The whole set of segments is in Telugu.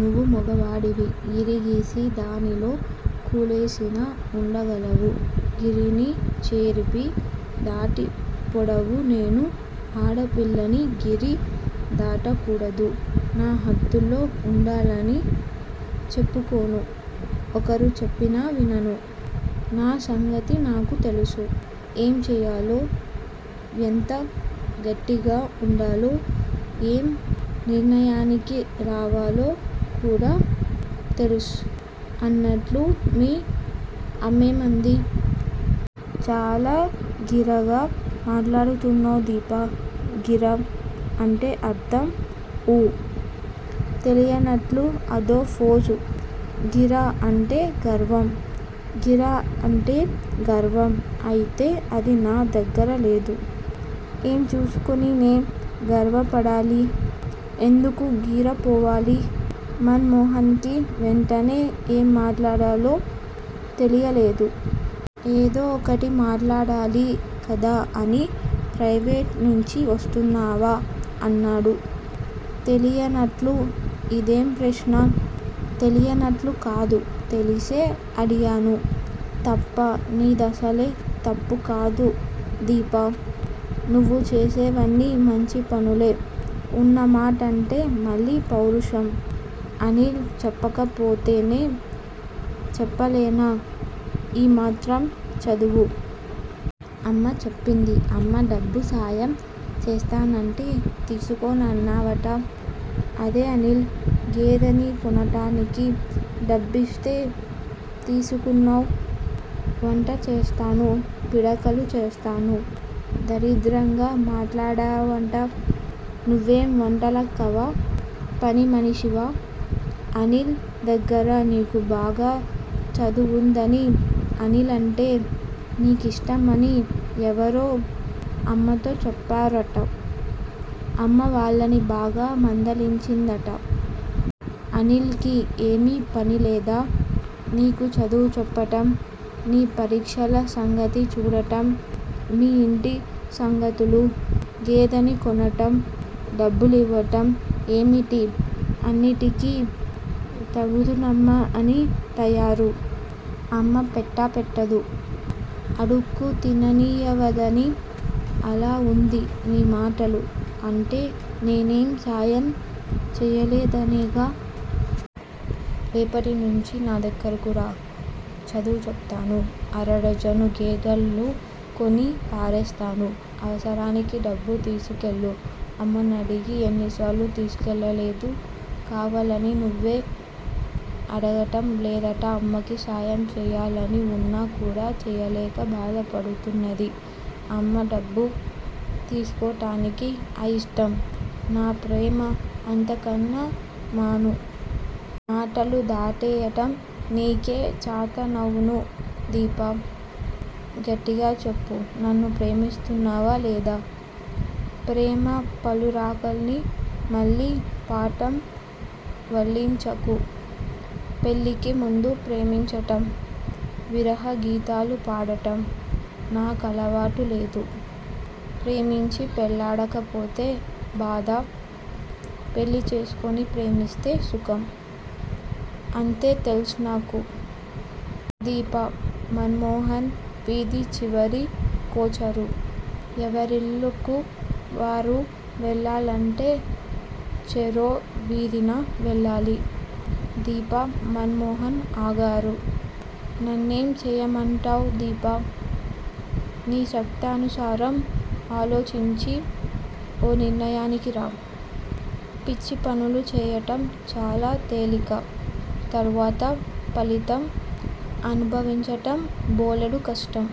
నువ్వు మగవాడివి, గిరిగీసి దానిలో కూలేసినా ఉండగలవు. గిరిని చెరిపి దాటి పోగలవు నేను ఆడ పిల్లని గిరి దాటకూడదు, నా హద్దుల్లో వుండాలి అని చెప్పుకోను. ఒకరు చెప్పినా వినను. నా సంగతి నాకు తెలుసు. ఏం చేయాలో, ఎంత గట్టిగా వుండాలో, ఏం నిర్ణయానికి రావాలో కూడా తెల్సు, అన్నట్లు మీ అమ్మేమంది? చాలా గీరగా మాట్లాడుతున్నావ్ దీపా! గీర! అంటే అర్ధం? ఊ. తెలియనట్లు అదో ఫోజు, గీర అంటే గర్వం. గీర అంటే గర్వం అయితే అది నా దగ్గర లేదు. ఏం చూసుకుని నే గర్వపడాలి. ఎందుకు గీర పోవాలి? మన్ మోహన్ కి వెంటనే ఏం మాట్లాడాలో తెలియలేదు. ఏదో ఒకటి మాట్లాడాలి కదా అని ప్రయివేట్ నుంచి వస్తున్నావా? అన్నాడు. తెలియనట్లు ఇదేం ప్రశ్న. తెలియనట్లు కాదు తెలిసే అడిగాను. తప్పా! నీదసలే తప్పు కాదు దీపా! నువ్వు చేసేవన్ని మంచిపనులే, ఉన్న మాటంటే మళ్ళీ పౌరుషం. అనిల్ చెప్పకపోతే నే చెప్పలేనా ఈ మాత్రం చదువు! అమ్మ చెప్పింది. అమ్మ డబ్బు సాయం చేస్తానంటే తీసుకోనన్నావట. అదే అనిల్ గేదెని కొంటానికి డబ్బిస్తే తీసుకున్నావ్. వంటచేస్తాను, పిడకలు చేస్తాను, దరిద్రంగా మాట్లాడావుట. నువ్వేం వంటలక్కవా? పనిమనిషివా? అనిల్ దగ్గర నీకు బాగా చనువుందని, అనిల్ అంటే నీకిష్టమని ఎవరో అమ్మతో చెప్పారుట. అమ్మ వాళ్ళని బాగా మందలించిందట. అనిల్ కి ఏమీ పనిలేదా. నీకు చదువు చెప్పటం, నీ పరీక్షల సంగతి చూడటం, మీ ఇంటి సంగతులు? గేదెని కొనటం, డబ్బులివ్వటం, ఏమిటి అన్నింటికి తగుదునమ్మా అని తయారు. అమ్మా పెట్టాపెట్టదు. అడుక్కు తినానివ్వదని అలా వుంది నీ మాటలు అంటే నేనం సాయం చేయలేదనేగా? రేపటినుంచి నా దగ్గరకు రా చదువు చెపుతాను, అరడజను గేదలు కొని పారేస్తాను. అవసరానికి డబ్బు తీసుకెళ్ళు అమ్మనడిగి ఎన్నిసార్లు తీసుకెళ్ళలేదు! కావాలని నువ్వే అడగటం లేదట అమ్మకి సాయం చేయాలని వున్నా కూడ చేయలేక బాధ పడుతున్నది. అమ్మ డబ్బు తీసుకోటానికి అయిష్టం. నా ప్రేమ అంతకన్నా మనూ! మాటలు దాటేయటం నీకే చాతనవును దీపా! గట్టిగా చెప్పు నన్ను ప్రేమిస్తున్నావా లేదా? ప్రేమ పలురకాలని మళ్ళీ పాఠం వల్లించకు. పెళ్ళికి ముందు ప్రేమించటం, విరహగీతాలు పాడటం నా కలవాటు లేదు. ప్రేమించి పెళ్ళాడకపోతే బాధ. పెళ్ళి చేసుకుని ప్రేమిస్తే సుఖం. అంతే తెల్సు నాకు. దీప, మన్ మోహన్ వీధి చివరి కొచ్చారు. ఎవరిళ్ళకు వారు వెళ్ళాలంటే చెరో వీధినా వెళ్ళాలి. దీప, మన్ మోహన్ ఆగారు. నన్నేం చేయమంటావ్ దీపా! నీ శక్తానుసారం ఆలోచించి ఓ నిర్ణయానికిరా. పిచ్చి పనులు చేయటం చాలా తేలిక తర్వాత ఫలితం అనుభవించటం బోలెడు కష్టం.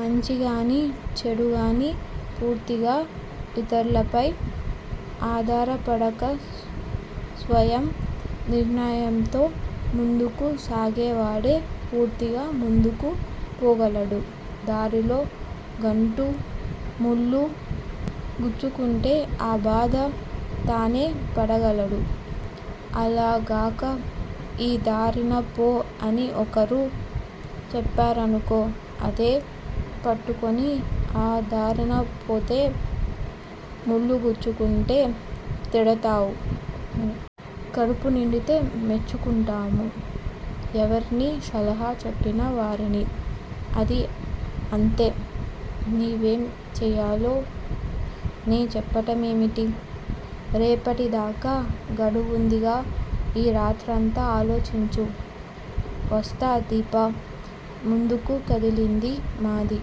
మంచిగాని చెడుగాని పూర్తిగా ఇతర్లపై ఆధారపడక స్వయం నిర్ణయంతో ముందుకు సాగేవాడే పూర్తిగా ముందుకు పోగలడు. దారిలో గంటు ముళ్లు గుచ్చుకుంటే ఆ బాధ తానే పడగలడు. అలా గాక ఈ దారిన పో అని ఒకరు చెప్పారనుకో, అదే పట్టుకుని ఆ దారినపోతే ముళ్ళు గుచ్చుకుంటే తిడతాము. కడుపునిండితే మెచ్చుకుంటాము. ఎవరిని! సలహా చెప్పిన వారిని. అదీ అంతే, నీవేం చేయాలో నే చెప్పటమేమిటి? రేపటిదాకా గడువుందిగా ఈ రాత్రంతా ఆలోచించు. వస్తా దీప ముందుకు కదిలింది. మాది